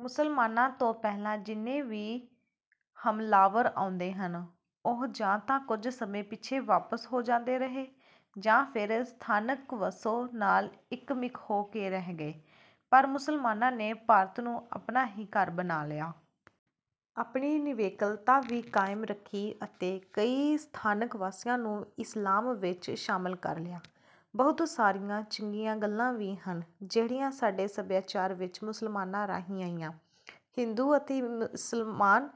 ਮੁਸਲਮਾਨਾਂ ਤੋਂ ਪਹਿਲਾਂ ਜਿੰਨੇ ਵੀ ਹਮਲਾਵਰ ਆਉਂਦੇ ਰਹੇ, ਉਹ ਜਾਂ ਤਾਂ ਕੁਝ ਸਮੇਂ ਪਿੱਛੋਂ ਵਾਪਸ ਹੋ ਜਾਂਦੇ ਰਹੇ ਜਾਂ ਫਿਰ ਸਥਾਨਕ ਵਸੋਂ ਨਾਲ ਇੱਕਮਿਕ ਹੋ ਕੇ ਰਹਿ ਗਏ, ਪਰ ਮੁਸਲਮਾਨਾਂ ਨੇ ਭਾਰਤ ਨੂੰ ਆਪਣਾ ਹੀ ਘਰ ਬਣਾ ਲਿਆ। ਆਪਣੀ ਨਿਵੇਕਲਤਾ ਵੀ ਕਾਇਮ ਰੱਖੀ ਅਤੇ ਕਈ ਸਥਾਨਕ ਵਾਸੀਆਂ ਨੂੰ ਵੀ ਇਸਲਾਮ ਵਿੱਚ ਸ਼ਾਮਲ ਕਰ ਲਿਆ। ਬਹੁਤ ਸਾਰੀਆਂ ਚੰਗੀਆਂ ਗੱਲਾਂ ਵੀ ਹਨ, ਜਿਹੜੀਆਂ ਸਾਡੇ ਸਭਿਆਚਾਰ ਵਿੱਚ ਮੁਸਲਮਾਨਾਂ ਰਾਹੀਂ ਆਈਆਂ। ਹਿੰਦੂ ਅਤੇ ਇਸਲਾਮ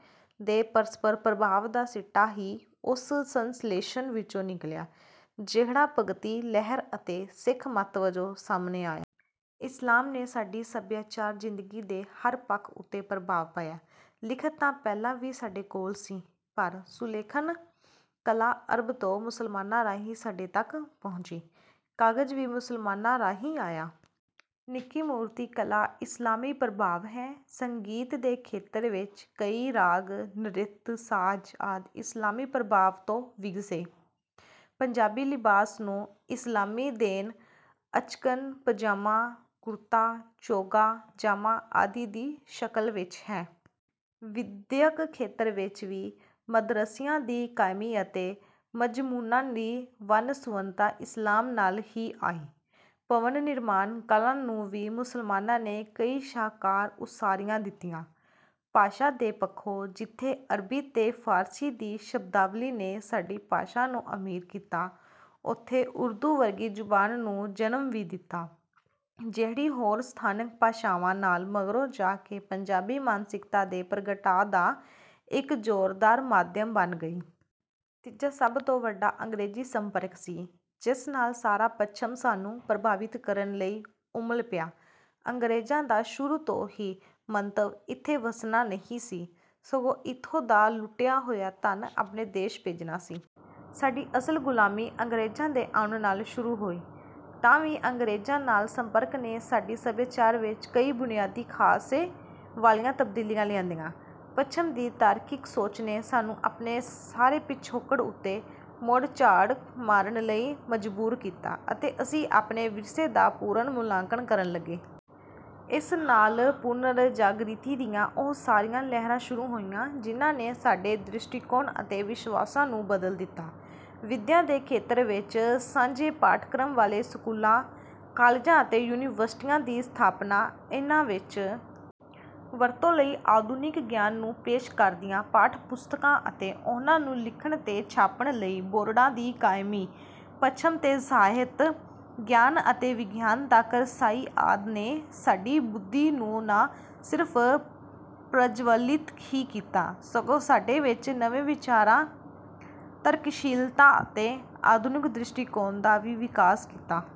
ਦੇ ਪਰਸਪਰ ਪ੍ਰਭਾਵ ਦਾ ਸਿੱਟਾ ਹੀ ਉਸ ਸੰਸਲੇਸ਼ਣ ਵਿੱਚੋਂ ਨਿਕਲਿਆ, ਜਿਹੜਾ ਭਗਤੀ ਲਹਿਰ ਅਤੇ ਸਿੱਖ ਮੱਤ ਵਜੋਂ ਸਾਹਮਣੇ ਆਇਆ। ਇਸਲਾਮ ਨੇ ਸਾਡੀ ਸਭਿਆਚਾਰਕ ਜ਼ਿੰਦਗੀ ਦੇ ਹਰ ਪੱਖ ਉੱਤੇ ਪ੍ਰਭਾਵ ਪਾਇਆ। ਲਿਖਤ ਤਾਂ ਪਹਿਲਾਂ ਵੀ ਸਾਡੇ ਕੋਲ ਸੀ, ਪਰ ਸੁਲੇਖਣ ਕਲਾ ਅਰਬ ਤੋਂ ਮੁਸਲਮਾਨਾਂ ਰਾਹੀਂ ਸਾਡੇ ਤੱਕ ਪਹੁੰਚੀ। ਕਾਗ਼ਜ਼ ਵੀ ਮੁਸਲਮਾਨਾਂ ਰਾਹੀਂ ਆਇਆ। ਨਿੱਕੀ-ਮੂਰਤੀ ਕਲਾ ਇਸਲਾਮੀ ਪ੍ਰਭਾਵ ਹੈ। ਸੰਗੀਤ ਦੇ ਖੇਤਰ ਵਿੱਚ ਕਈ ਰਾਗ, ਨ੍ਰਿਤ, ਸਾਜ਼ ਆਦਿ ਇਸਲਾਮੀ ਪ੍ਰਭਾਵ ਤੋਂ ਵਿਗਸੇ। ਪੰਜਾਬੀ ਲਿਬਾਸ ਨੂੰ ਇਸਲਾਮੀ ਦੇਣ ਅਚਕਨ, ਪਜਾਮਾ, ਕੁਰਤਾ, ਚੋਗ਼ਾ, ਜਾਮਾ ਆਦਿ ਦੀ ਸ਼ਕਲ ਵਿੱਚ ਹੈ। ਵਿਦਿਅਕ ਖੇਤਰ ਵਿੱਚ ਵੀ ਮਦਰੱਸਿਆਂ ਦੀ ਕਾਇਮੀ ਅਤੇ ਮਜ਼ਮੂਨਾਂ ਦੀ ਵੰਨ-ਸੁਵੰਨਤਾ ਇਸਲਾਮ ਨਾਲ ਹੀ ਆਈ। ਭਵਨ-ਨਿਰਮਾਣ ਕਲਾ ਨੂੰ ਵੀ ਮੁਸਲਮਾਨਾਂ ਨੇ ਕਈ ਸ਼ਾਹਕਾਰ ਉਸਾਰੀਆਂ ਦਿੱਤੀਆਂ। ਭਾਸ਼ਾ ਦੇ ਪੱਖੋਂ ਜਿੱਥੇ ਅਰਬੀ ਤੇ ਫ਼ਾਰਸੀ ਦੀ ਸ਼ਬਦਾਵਲੀ ਨੇ ਸਾਡੀ ਭਾਸ਼ਾ ਨੂੰ ਅਮੀਰ ਕੀਤਾ, ਉੱਥੇ ਉਰਦੂ ਵਰਗੀ ਜ਼ਬਾਨ ਨੂੰ ਜਨਮ ਵੀ ਦਿੱਤਾ, ਜਿਹੜੀ ਹੋਰ ਸਥਾਨਕ ਭਾਸ਼ਾਵਾਂ ਨਾਲ ਮਗਰੋਂ ਜਾ ਕੇ ਪੰਜਾਬੀ ਮਾਨਸਿਕਤਾ ਦੇ ਪ੍ਰਗਟਾਅ ਦਾ ਇੱਕ ਜ਼ੋਰਦਾਰ ਮਾਧਿਅਮ ਬਣ ਗਈ। ਤੀਜਾ ਸਭ ਤੋਂ ਵੱਡਾ ਅੰਗਰੇਜ਼ੀ ਸੰਪਰਕ ਸੀ, ਜਿਸ ਨਾਲ ਸਾਰਾ ਪੱਛਮ ਸਾਨੂੰ ਪ੍ਰਭਾਵਿਤ ਕਰਨ ਲਈ ਉਮਲ ਪਿਆ। ਅੰਗਰੇਜ਼ਾਂ ਦਾ ਸ਼ੁਰੂ ਤੋਂ ਹੀ ਮੰਤਵ ਇੱਥੇ ਵੱਸਣਾ ਨਹੀਂ ਸੀ, ਸਗੋਂ ਇੱਥੋਂ ਦਾ ਲੁੱਟਿਆ ਹੋਇਆ ਧਨ ਆਪਣੇ ਦੇਸ਼ ਭੇਜਣਾ ਸੀ। ਸਾਡੀ ਅਸਲ ਗੁਲਾਮੀ ਅੰਗਰੇਜ਼ਾਂ ਦੇ ਆਉਣ ਨਾਲ ਸ਼ੁਰੂ ਹੋਈ, ਤਾਂ ਵੀ ਅੰਗਰੇਜ਼ਾਂ ਨਾਲ ਸੰਪਰਕ ਨੇ ਸਾਡੇ ਸਭਿਆਚਾਰ ਵਿੱਚ ਕਈ ਬੁਨਿਆਦੀ ਖ਼ਾਸੇ ਵਾਲੀਆਂ ਤਬਦੀਲੀਆਂ ਲਿਆਂਦੀਆਂ। ਪੱਛਮ ਦੀ ਤਾਰਕਿਕ ਸੋਚ ਨੇ ਸਾਨੂੰ ਆਪਣੇ ਸਾਰੇ ਪਿਛੋਕੜ ਉੱਤੇ ਮੁੜ ਝਾਤ ਮਾਰਨ ਲਈ ਮਜਬੂਰ ਕੀਤਾ ਅਤੇ ਅਸੀਂ ਆਪਣੇ ਵਿਰਸੇ ਦਾ ਪੁਨਰ-ਮੁਲਾਂਕਣ ਕਰਨ ਲੱਗੇ। ਇਸ ਨਾਲ ਪੁਨਰ-ਜਾਗ੍ਰਿਤੀ ਦੀਆਂ ਉਹ ਸਾਰੀਆਂ ਲਹਿਰਾਂ ਸ਼ੁਰੂ ਹੋਈਆਂ, ਜਿਨ੍ਹਾਂ ਨੇ ਸਾਡੇ ਦ੍ਰਿਸ਼ਟੀਕੋਣ ਅਤੇ ਵਿਸ਼ਵਾਸਾਂ ਨੂੰ ਬਦਲ ਦਿੱਤਾ। ਵਿਦਿਆ ਦੇ ਖੇਤਰ ਵਿੱਚ ਸਾਂਝੇ ਪਾਠ-ਕ੍ਰਮ ਵਾਲੇ ਸਕੂਲਾਂ, ਕਾਲਜਾਂ ਅਤੇ ਯੂਨੀਵਰਸਿਟੀਆਂ ਦੀ ਸਥਾਪਨਾ, ਇਹਨਾਂ ਵਿੱਚ ਵਰਤੋਂ ਲਈ ਆਧੁਨਿਕ ਗਿਆਨ ਨੂੰ ਪੇਸ਼ ਕਰਦੀਆਂ ਪਾਠ-ਪੁਸਤਕਾਂ ਅਤੇ ਉਹਨਾਂ ਨੂੰ ਲਿਖਣ ਤੇ ਛਾਪਣ ਲਈ ਬੋਰਡਾਂ ਦੀ ਕਾਇਮੀ, ਪੱਛਮ ਦੇ ਸਾਹਿਤ, ਗਿਆਨ ਅਤੇ ਵਿਗਿਆਨ ਤੱਕ ਰਸਾਈ ਆਦਿ ਨੇ ਸਾਡੀ ਬੁੱਧੀ ਨੂੰ ਨਾ ਸਿਰਫ਼ ਪ੍ਰਜਵਲਿਤ ਹੀ ਕੀਤਾ, ਸਗੋਂ ਸਾਡੇ ਵਿਚ ਨਵੇਂ ਵਿਚਾਰਾਂ, ਤਰਕਸ਼ੀਲਤਾ ਅਤੇ ਆਧੁਨਿਕ ਦ੍ਰਿਸ਼ਟੀਕੋਣ ਦਾ ਵੀ ਵਿਕਾਸ ਕੀਤਾ।